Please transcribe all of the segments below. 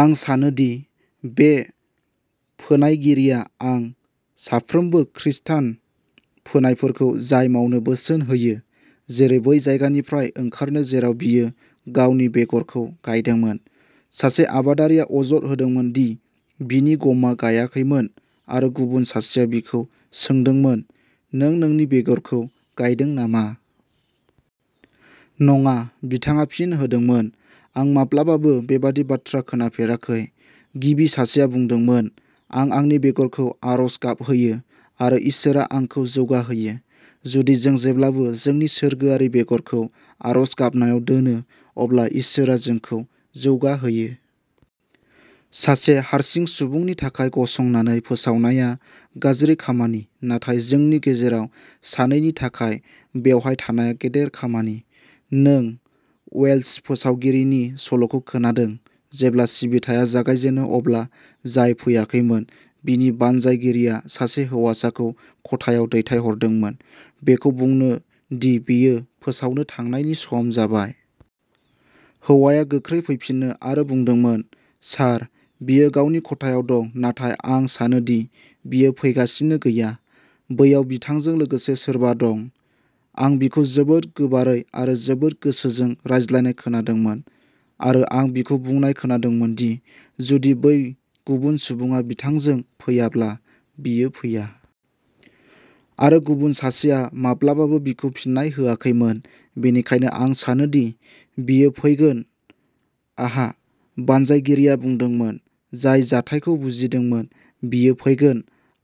आं सानो दि बे फोनायगिरिया आं साफ्रोमबो खृस्टान फोनायफोरखौ जाय मावनो बोसोन होयो, जेरै, बै जायगानिफ्राय ओंखारनो जेराव बियो गावनि बेगरखौ गायदोंमोन। सासे आबादारिया अजद होदोंमोन दि बिनि गमआ गायाखैमोन आरो गुबुन सासेया बिखौ सोंदोंमोन, "नों नोंनि बेगरखौ गायदों नामा? " "नङा", बिथाङा फिन होदोंमोन, "आं माब्लाबाबो बेबादि बाथ्रा खोनाफेराखै। " गिबि सासेया बुंदोंमोन, "आं आंनि बेगरखौ आर'ज गाबहोयो आरो इसोरआ आंखौ जौगाहोयो। " जुदि जों जेब्लाबो जोंनि सोरगोआरि बेगरखौ आर'ज गाबनायाव दोनो, अब्ला इसोरआ जोंखौ जौगाहोयो। सासे हारसिं सुबुंनि थाखाय गसंनानै फोसावनाया गाज्रि खामानि, नाथाय जोंनि गेजेराव सानैनि थाखाय बेवहाय थानाया गेदेर खामानि। नों वेल्श फोसावगिरिनि सल'खौ खोनादों। जेब्ला सिबिथाया जागायजेनो अब्ला जाय फैयाखैमोन, बिनि बानजायगिरिया सासे हौवासाखौ खथायाव दैथायहरदोंमोन बेखौ बुंनो दि बेयो फोसावनो थांनायनि सम जाबाय। हौवाया गोख्रै फैफिनो आरो बुंदोंमोन, "सार, बियो गावनि खथायाव दं, नाथाय आं सानो दि बियो फैगासिनो गैया। बैयाव बिथांजों लोगोसे सोरबा दं। आं बिखौ जोबोद गोबारै आरो जोबोद गोसोजों रायज्लायनाय खोनादोंमोन, आरो आं बिखौ बुंनाय खोनादोंमोन दि जुदि बै गुबुन सुबुङा बिथांजों फैयाब्ला, बियो फैया! आरो गुबुन सासेया माब्लाबाबो बिखौ फिननाय होआखैमोन, बेनिखायनो आं सानो दि बियो फैगोन। " "आह", बानजायगिरिया बुंदोंमोन, जाय जाथायखौ बुजिदोंमोन, "बियो फैगोन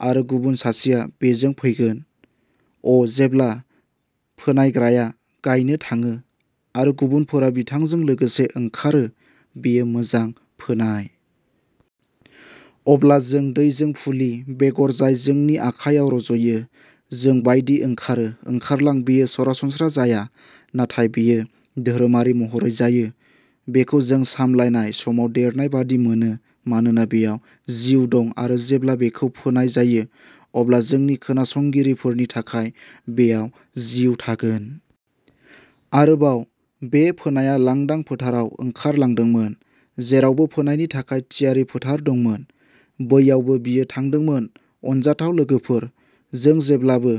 आरो गुबुन सासेआ बेजों फैगोन! " अ, जेब्ला फोनायग्राया गायनो थाङो आरो गुबुनफोरा बिथांजों लोगोसे ओंखारो, बेयो मोजां फोनाय! अब्ला जों दैजों फुलि, बेगर जाय जोंनि आखायाव रज'यो, जों बायदि ओंखारो! ओंखारलां! बेयो सरासनस्रा जाया, नाथाय बेयो धोरोमारि महरै जायो। बेखौ जों सामलायनाय समाव देरनाय बादि मोनो, मानोना बेयाव जिउ दं-आरो जेब्ला बेखौ फोनाय जायो, अब्ला जोंनि खोनासंगिरिफोरनि थाखाय बेयाव जिउ थागोन! आरोबाव, बे फोनायआ लांदां फोथाराव ओंखारलांदोंमोन। जेरावबो फोनायनि थाखाय थियारि फोथार दंमोन, बैयावबो बियो थांदोंमोन। अनजाथाव लोगोफोर, जों जेब्लाबो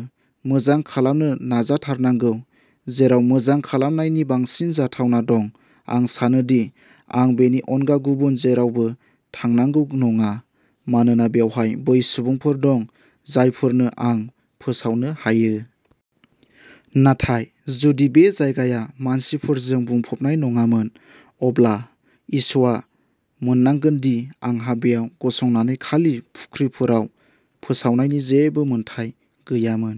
मोजां खालामनो नाजाथारनांगौ जेराव मोजां खालामनायनि बांसिन जाथावना दं। आं सानो दि आं बेनि अनगा गुबुन जेरावबो थांनांगौ नङा, मानोना बेवहाय बै सुबुंफोर दं जायफोरनो आं फोसावनो हायो। नाथाय जुदि बे जायगाया मानसिफोरजों बुंफबनाय नङामोन, अब्ला इश'आ मोननांगोन दि आंहा बेयाव गसंनानै खालि फुख्रिफोराव फोसावनायनि जेबो मोनथाय गैयामोन।